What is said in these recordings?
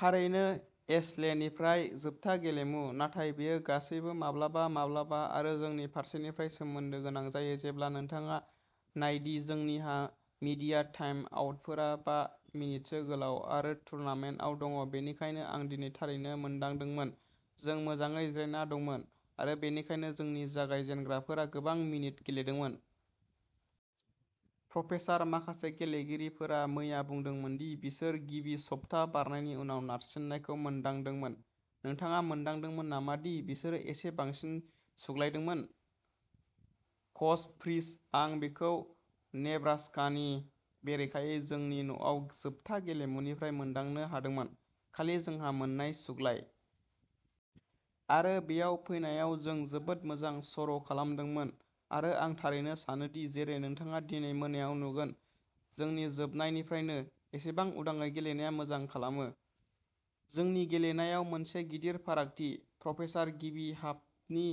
थारैनो एशलेनिफ्राय जोबथा गेलेमु, नाथाय बेयो गासैबो माब्लाबा-माब्लाबा आरो जोंनि फारसेनिफ्राय सोमोन्दो गोनां जायो जेब्ला नोंथाङा नायदि जोंनिहा मीडिया टाइम आउटफोरा बा मिनिटसो गोलाव आरो टुर्नामेन्टआव दं, बेनिखायनो आं दिनै थारैनो मोनदांदोंमोन, जों मोजाङै जिरायना दंमोन, आरो बेनिखायनो जोंनि जागायजेनग्राफोरा गोबां मिनिट गेलेदोंमोन। प्रपेसार माखासे गेलेगिरिफोरा मैया बुंदोंमोन दि बिसोर गिबि सप्ता बारनायनि उनाव नारसिननायखौ मोनदांदोंमोन। नोंथाङा मोनदांदोंमोन नामा दि बिसोरो एसे बांसिन सुग्लायदोंमोन? कच फ्रीज आं बेखौ नेब्रास्कानि बेरेखायै जोंनि न'आव जोबथा गेलेमुनिफ्राय मोनदांनो हादोंमोन, खालि जोंहा मोननाय सुग्लाय। आरो बेयाव फैनायाव जों जोबोद मोजां सर'खालामदोंमोन आरो आं थारैनो सानोदि जेरै नोंथाङा दिनै मोनायाव नुगोन, जोंनि जोबनायनिफ्रायनो, एसेबां उदाङै गेलेनाया मोजां खालामो। जोंनि गेलेनायाव मोनसे गिदिर फारागथि। प्रपेसार गिबि हाफनि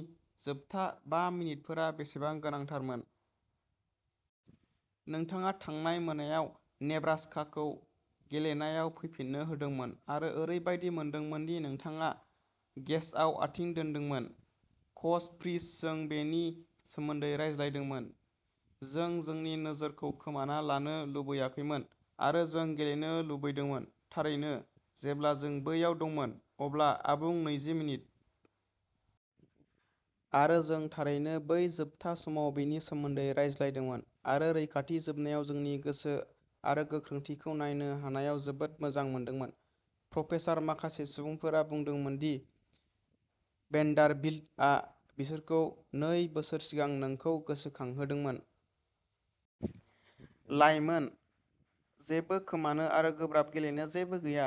जोबथा बा मिनिटफोरा बेसेबां गोनांथारमोन। नोंथाङा थांनाय मोनायाव नेब्रास्काखौ गेलेनायाव फैफिननो होदोंमोन आरो ओरैबायदि मोनदोंमोन दि नोंथाङा गेसआव आथिं दोन्दोंमोन। कच फ्रीज जों बेनि सोमोन्दै रायज्लायदोंमोन। जों जोंनि नोजोरखौ खोमाना लानो लुबैयाखैमोन आरो जों गेलेनो लुबैदोंमोन, थारैनो, जेब्ला जों बैयाव दंमोन, अब्ला आबुं नैजि मिनिट। आरो जों थारैनो बै जोबथा समाव बेनि सोमोन्दै रायज्लायदोंमोन आरो रैखाथि जोबनायाव जोंनि गोसो आरो गोख्रोंथिखौ नायनो हानायाव जोबोद मोजां मोनदोंमोन। प्रपेसार माखासे सुबुंफोरा बुंदोंमोन दि भेन्डारबिल्टआ बिसोरखौ नै बोसोर सिगां नोंखौ गोसोखांहोदोंमोन। लाइमोन, जेबो खोमानो आरो गोब्राब गेलेनो जेबो गैया।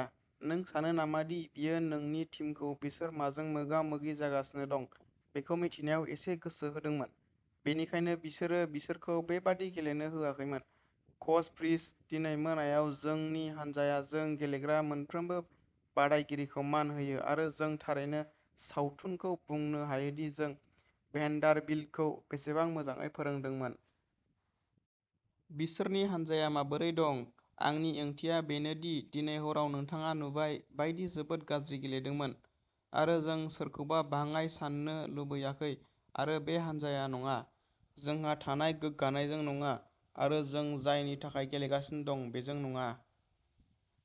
नों सानो नामा दि बेयो नोंनि टीमखौ बिसोर माजों मोगा-मोगि जागासिनो दं बेखौ मिथिनायाव एसे गोसो होदोंमोन, बेनिखायनो बिसोरो बिसोरखौ बेबादि गेलेनो होआखैमोन। कच फ्रीज दिनै मोनायाव जोंनि हान्जाया जों गेलेग्रा मोनफ्रोमबो बादायगिरिखौ मान होयो आरो जों थारैनो सावथुनखौ बुंनो हायो दि जों भेन्डारबिल्टखौ बेसेबां मोजाङै फोरोंदोंमोन। बिसोरनि हान्जाया माबोरै दं, आंनि ओंथिया बेनो दि दिनै हराव नोंथाङा नुबाय बायदि जोबोद गाज्रि गेलेदोंमोन आरो जों सोरखौबा बाङाइ सान्नो लुबैयाखै आरो बे हान्जाया नङा। जोंहा थानाय गोग्गानायजों नङा आरो जों जायनि थाखाय गेलेगासिनो दं बेजों नङा।